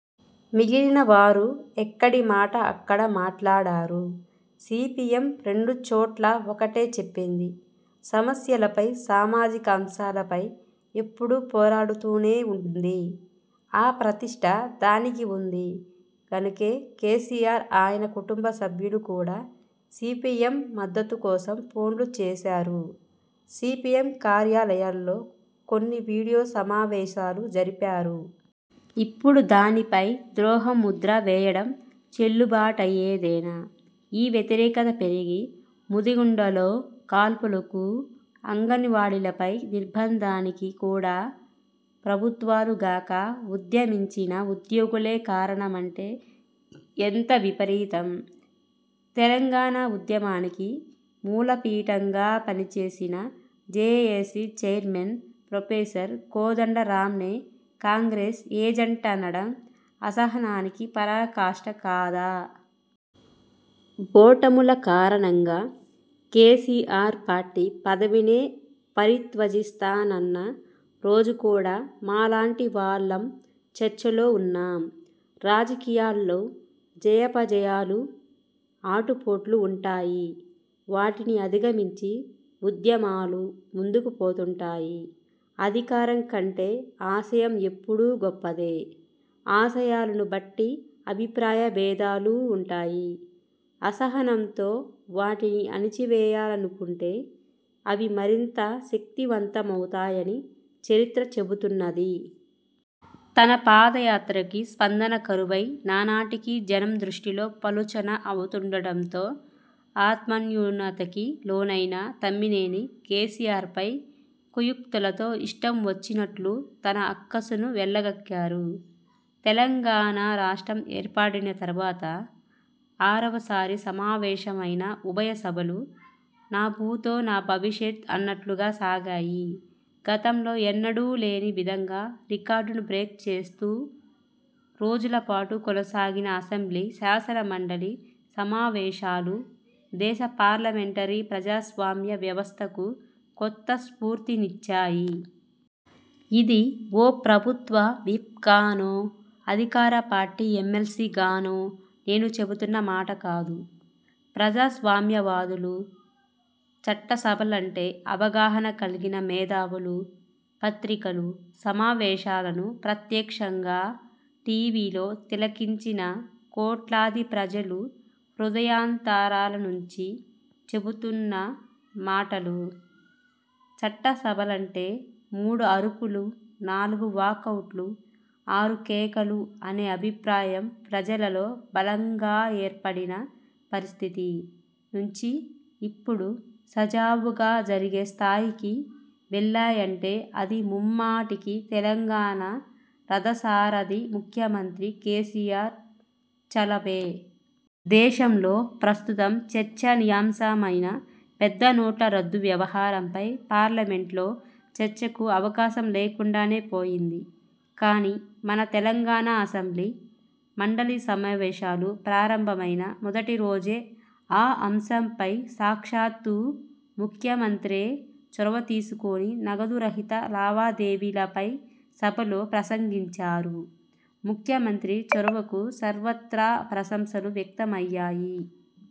మిగిలిన వారు ఎక్కడి మాట అక్కడ మాట్లాడారు. సీపీఎం రెండు చోట్ల ఒకటే చెప్పింది. సమస్యలపై సామాజికాంశాలపై ఎప్పడూ పోరాడుతూనే వుంది. ఆ ప్రతిష్ట దానికి వుంది గనకే కేసీఆర్ ఆయన కుటుంబసభ్యులు కూడా సీపీఎం మద్దతు కోసం ఫోన్లు చేశారు. సీపీఎం కార్యాలయాల్లో కొన్ని మీడియా సమావేశాలు జరిపారు. ఇప్పుడు దానిపై ద్రోహం ముద్ర వేయడం చెల్లుబాటయ్యేదేనా? ఈ వ్యతిరేకత పెరిగి- ముదిగొండలో కాల్పులకూ అంగన్వాడీలపై నిర్బంధానికి కూడా ప్రభుత్వాలుగాక ఉద్యమించిన ఉద్యోగులే కారణమంటే ఎంత విపరీతం? తెలంగాణ ఉద్యమానికి మూలపీఠంగా పనిచేసిన జేఏసీ చైర్మన్ ప్రొఫెసర్ కోదండరామ్నే కాంగ్రెస్ ఏజంటనడం అసహనానికి పరాకాష్ఠ కాదా? ఓటముల కారణంగా కేసీఆర్ పార్టీ పదవినే పరిత్యజిస్తానన్న రోజు కూడా మాలాటి వాళ్లం చర్చలో వున్నాం. రాజకీయాల్లో జయాపజయాలు ఆటుపోట్లు వుంటాయి. వాటిని అధిగమించి ఉద్యమాలు ముందుకుపోతుంటాయి. అధికారం కంటే ఆశయం ఎప్పుడూ గొప్పదే. ఆశయాలను బట్టి అభిప్రాయ భేదాలూ వుంటాయి. అసహనంతో వాటిని అణచివేయాలనుకుంటే అవి మరింత శక్తిమంతమవుతాయని చరిత్ర చెబుతున్నది. తన పాదయాత్రకి స్పందన కరువై నానాటికీ జనం దృష్టిలో పలుచన అవుతుండటంతో ఆత్మన్యూనతకి లోనైన తమ్మినేని కేసీఆర్పై కుయుక్తులతో ఇష్టం వచ్చినట్లు తన అక్కసును వెళ్లగక్కారు. తెలంగాణ రాష్ట్రం ఏర్పడిన తరువాత ఆరవసారి సమావేశమైన ఉభయసభలు నభూతో నభవిష్యత్ అన్నట్లుగా సాగాయి. గతంలో ఎన్నడూలేని విధంగా రికార్డును బ్రేక్ చేస్తూ రోజుల పాటు కొనసాగిన అసెంబ్లీ, శాసనమండలి సమావేశాలు దేశ పార్లమెంటరీ ప్రజాస్వామ్య వ్యవస్థకు కొత్త స్ఫూర్తినిచ్చాయి. ఇది ఓ ప్రభుత్వ విప్గానో, అధికార పార్టీ ఎమ్మెల్సీగానో నేను చెబుతున్న మాటకాదు. ప్రజాస్వామ్యవాదులు, చట్టసభలంటే అవగాహన కల్గిన మేధావులు, పత్రికలు, సమావేశాలను ప్రత్యక్షంగా టీవీలో తిలకించిన కోట్లాదిప్రజలు హృదయాంతరాల నుంచి చెబుతున్న మాటలు. చట్టసభలంటే మూడుఅరుపులు, నాలుగు వాకౌట్లు, ఆరు కేకలు అనే అభిప్రాయం ప్రజలలో బలంగా ఏర్పడిన పరిస్థితి నుంచి ఇప్పుడు సజావుగా జరిగే స్థాయికి వెళ్ళాయంటే అది ముమ్మాటికీ తెలంగాణ రథసారథి ముఖ్యమంత్రి కేసీఆర్ చలవే. దేశంలో ప్రస్తుతం చర్చనీయాంశమైన పెద్ద నోట్ల రద్దు వ్యవహారంపై పార్లమెంట్లో చర్చకు అవకాశం లేకుండానే పొయింది. కానీ మన తెలంగాణ అసెంబ్లీ, మండలి సమావేశాలు ప్రారంభమైన మొదటిరోజే ఆ అంశంపై సాక్షాత్తూ ముఖ్యమంత్రే చొరవ తీసుకుని నగదురహిత లావాదేవీలపై సభలో ప్రసంగించారు. ముఖ్యమంత్రి చొరవకు సర్వత్రా ప్రశంసలు వ్యక్తమయ్యాయి.